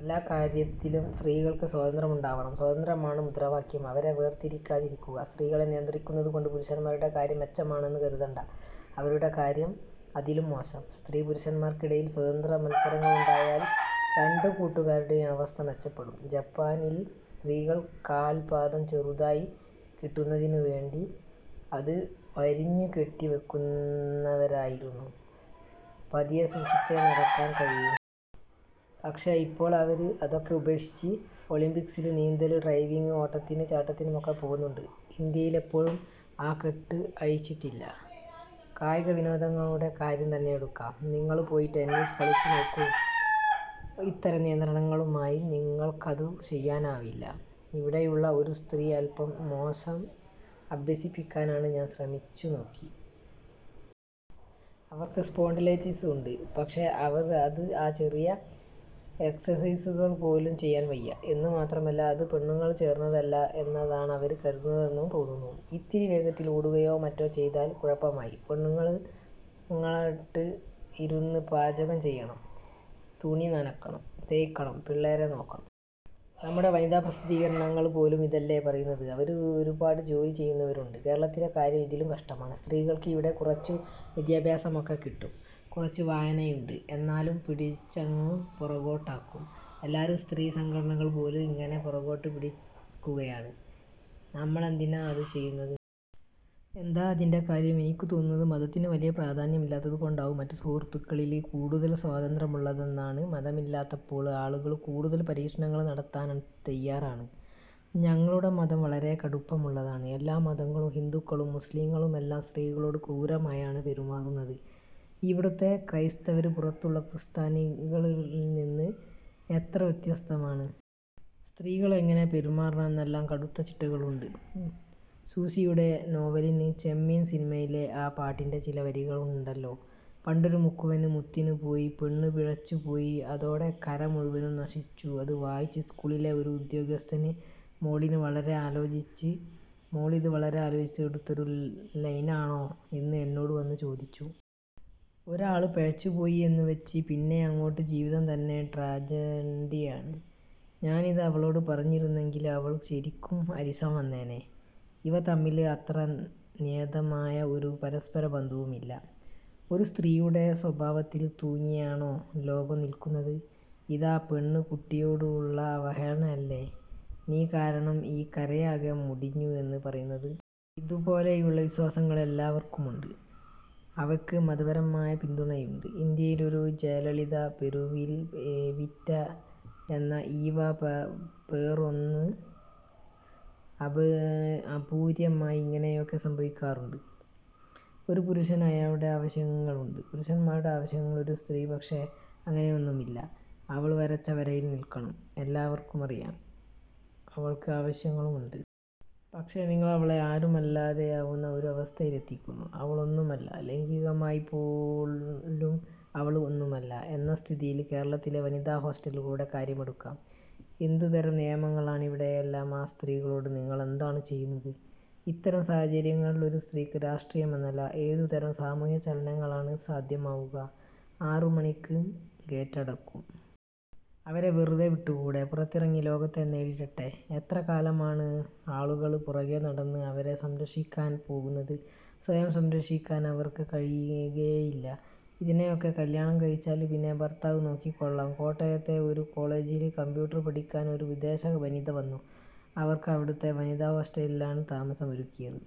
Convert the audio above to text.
എല്ലാക്കാര്യത്തിലുംസ്ത്രീകള്ക്ക് സ്വാതന്ത്ര്യമുണ്ടാവണം. 'സ്വാതന്ത്ര്യ'മാണ് മുദ്രാവാക്യം. അവരെ വേര്തിരിക്കാതെയിരിക്കുക. സ്ത്രീകളെ നിയന്ത്രിക്കുന്നതുകൊണ്ട് പുരുഷന്മാരുടെ കാര്യം മെച്ചമാണെന്നു കരുതേണ്ട. അവരുടെ കാര്യം അതിലും മോശം. സ്ത്രീ-പുരുഷന്മാര്ക്കിടയില് സ്വതന്ത്ര മത്സരമുണ്ടായാല് രണ്ടു കൂട്ടരുടേയും അവസ്ഥ മെച്ചപ്പെടും. ജപ്പാനില് സ്ത്രീകള് കാല്പ്പാദം ചെറുതായി കിട്ടുന്നതിനുവേണ്ടി അത് വിരിഞ്ഞുകെട്ടിവയ്ക്കു ന്നവരായിരുന്നു. പതിയെ സൂക്ഷിച്ചേ നടക്കാന് കഴിയൂ. പക്ഷേ, ഇപ്പോള് അവര് അതൊക്കെ ഉപേക്ഷിച്ചിട്ട് ഒളിമ്പിക്സില് നീന്തലിനും ഡൈവിംഗിനും ഓട്ടത്തിനും ചാട്ടത്തിനുമെല്ലാം പോകുന്നുണ്ട്. ഇന്ത്യയിലിപ്പോഴും ആ കെട്ട് അഴിച്ചിട്ടില്ല. കായികവിനോദങ്ങളുടെ കാര്യം തന്നെയെടുക്കാം. നിങ്ങള് പോയി ടെന്നീസ് കളിച്ചുനോക്കൂ. ഇത്തരം നിയന്ത്രണങ്ങളുമായി നിങ്ങള്ക്കതു ചെയ്യാനാവില്ല. ഇവിടെയുള്ള ഒരു സ്ത്രീയെ അല്പം മോശംഅഭ്യസിപ്പിക്കാന് ഞാന് ശ്രമിച്ചുനോക്കി. അവര്ക്ക് സ്പോണ്ടിലോസിസ് ഉണ്ട്. പക്ഷേ, അവര്ക്ക് ആ ചെറിയ എക്സര്സൈസുകള് പോലും ചെയ്യാന് വയ്യ. എന്നു മാത്രമല്ല, അത് പെണ്ണുങ്ങള്ക്ക് ചേര്ന്നതല്ല എന്നാണവര് കരുതുന്നതെന്നും തോന്നുന്നു. ഇത്തിരി വേഗത്തില് ഓടുകയോ മറ്റോ ചെയ്താല് കുഴപ്പമായി. പെണ്ണുങ്ങള് ഇരുന്ന് പാചകം ചെയ്യണം. തുണി നനയ്ക്കണം, തേയ്ക്കണം, പിള്ളേരെ നോക്കണം. നമ്മുടെ വനിതാപ്രസിദ്ധീകരണങ്ങള് പോലും ഇതല്ലേ പറയുന്നത്. അവര് ഒരുപാട് ജോലി ചെയ്യുന്നുണ്ട്. കേരളത്തിലെ കാര്യം ഇതിലും കഷ്ടമാണ്. സ്ത്രീകള്ക്ക് ഇവിടെ കുറച്ചു വിദ്യാഭ്യാസമൊക്കെ കിട്ടും. കുറച്ചു വായനയുണ്ട്. എന്നാലും പിടിച്ചിങ്ങു പുറകോട്ടാക്കും. എല്ലാവരും സ്ത്രീ സംഘടനകള് പോലും ഇങ്ങനെ പുറകോട്ടു പിടിക്കുകയാണ്. നമ്മളെന്തിനാ അതു ചെയ്യുന്നത്? എന്താ അതിന്റെ കാര്യം? എനിക്കു തോന്നുന്നത് മതത്തിന് വലിയ പ്രാധാന്യമില്ലാത്തതുകൊണ്ടാവും മറ്റു സമൂഹങ്ങളില് കൂടുതല് സ്വാതന്ത്ര്യമുള്ളതെന്നാണ്. മതമില്ലാത്തപ്പോള് ആളുകള് കൂടുതല് പരീക്ഷണങ്ങള് നടത്താന് തയ്യാറാണ്. ഞങ്ങളുടെ മതം വളരെ കടുപ്പമുള്ളതാണ്. എല്ലാ മതങ്ങളും, ഹിന്ദുക്കളും-മുസ്ലിങ്ങളുമെല്ലാം സ്ത്രീകളോട് ക്രൂരമായാണ് പെരുമാറുന്നത്. ഇവിടുത്തെ ക്രൈസ്തവര് പുറത്തുള്ള ക്രിസ്ത്യാനികളിൽനിന്ന് എത്ര വ്യത്യസ്തരാണ്? സ്ത്രീകള് എങ്ങനെ പെരുമാറണം എന്നെല്ലാം കടുത്ത ചിട്ടകളുണ്ട്. സൂസിയുടെ നോവലിന് 'ചെമ്മീന്' സിനിമയിലെ ആ പാട്ടിന്റെ ചില വരികളുണ്ടല്ലോ. 'പണ്ടൊരു മുക്കുവന് മുത്തിനു പോയി... ' പെണ്ണു പിഴച്ചുപോയി. അതോടെ കര മുഴുവനും നശിച്ചു. അതു വായിച്ച് സ്കൂളിലെ ഒരു ഉദ്യോഗസ്ഥന് 'മോളിന്'മോളിത് വളരെ ആലോചിച്ച് എടുത്തൊരു ലൈനാണോ'' എന്ന് എന്നോടു വന്നു ചോദിച്ചു. ഒരു ആള് പെഴച്ചുപോയി എന്നുവെച്ച് പിന്നെയങ്ങോട്ട് ജീവിതം തന്നെ ട്രാജഡിയാണ്. ഞാനിത് അവളോടു പറഞ്ഞിരുന്നെങ്കില് അവള്ക്ക് ശരിക്കും അരിശം വന്നേനെ. ഇവ തമ്മില് അത്ര നിയതമായ ഒരു പരസ്പര ബന്ധവുമില്ല. ഒരു സ്ത്രീയുടെ സ്വഭാവത്തില് തൂങ്ങിയാണോ ലോകം നില്ക്കുന്നത്? ഇതാ പെണ്കുട്ടിയോടുള്ള അവഹേളനമല്ലേ? നീ കാരണം ഈ കരയാകെ മുടിഞ്ഞു എന്നു പറയുന്നത്. ഇതുപോലെയുള്ള വിശ്വാസങ്ങള് എല്ലാവര്ക്കുമുണ്ട്. അവയ്ക്ക് മതപരമായ പിന്തുണയുണ്ട്. ഇന്ത്യയിലൊരു ജയലളിത, പെറുവില് 'എവിറ്റ' എന്ന ഈവാ പെറോണ് ആ പൂര്യ അപൂര്വമായി ഇങ്ങനെയൊക്കെ സംഭവിക്കാറുണ്ട്. ഒരു പുരുഷന് അയാളുടെ ആവശ്യങ്ങളുണ്ട്. പുരുഷന്മാരുടെ ആവശ്യങ്ങള്. ഒരു സ്ത്രീക്ക് പക്ഷേ, അങ്ങനെയൊന്നുമില്ല. അവള് വരച്ച വരയില് നില്ക്കണം. എല്ലാവര്ക്കുമറിയാം അവള്ക്ക് ആവശ്യങ്ങളുണ്ട്. പക്ഷേ, നിങ്ങളവളെ ആരുമല്ലാതെയാവുന്ന ഒരു അവസ്ഥയിലെത്തിക്കുന്നു. അവള് ഒന്നുമല്ല ലൈംഗികമായിപ്പോലും അവള് ഒന്നുമല്ല എന്ന സ്ഥിതിയില്. കേരളത്തിലെ വനിതാ ഹോസ്റ്റലുകളുടെ കാര്യമെടുക്കാം. എന്തുതരം നിയമങ്ങളാണവിടെയെല്ലാം. ആ സ്ത്രീകളോട് നിങ്ങളെന്താണു ചെയ്യുന്നത്? '. ഇത്തരം സാഹചര്യങ്ങളില് ഒരു സ്ത്രീക്ക് രാഷ്ട്രീയമെന്നല്ല, എന്തുതരം സാമൂഹ്യചലനമാണ് സാധ്യമാവുക. ആറുമണിക്ക് ഗേറ്റടയ്ക്കും! അവരെ വെറുതെ വിട്ടുകൂടേ? പുറത്തിറങ്ങി ലോകത്തെ നേരിടട്ടെ. എത്ര കാലമാണ് ആളുകള് പുറകേ നടന്ന് അവരെ സംരക്ഷിക്കാന് പോകുന്നത്! സ്വയം സംരക്ഷിക്കാന് അവര്ക്ക് കഴിയുകയേയില്ല. ഇതിനെയൊക്കെ കല്ല്യാണം കഴിച്ചാല് പിന്നെ ഭര്ത്താവ് നോക്കിക്കൊള്ളണം.! കോട്ടയത്തെ ഒരു കോളേജില് കംപ്യൂട്ടര് പഠിപ്പിക്കാനൊരു വിദേശ വനിത വന്നു. അവര്ക്ക് അവിടുത്തെ വനിതാ ഹോസ്റ്റലിലാണ് താമസമൊരുക്കിയത്.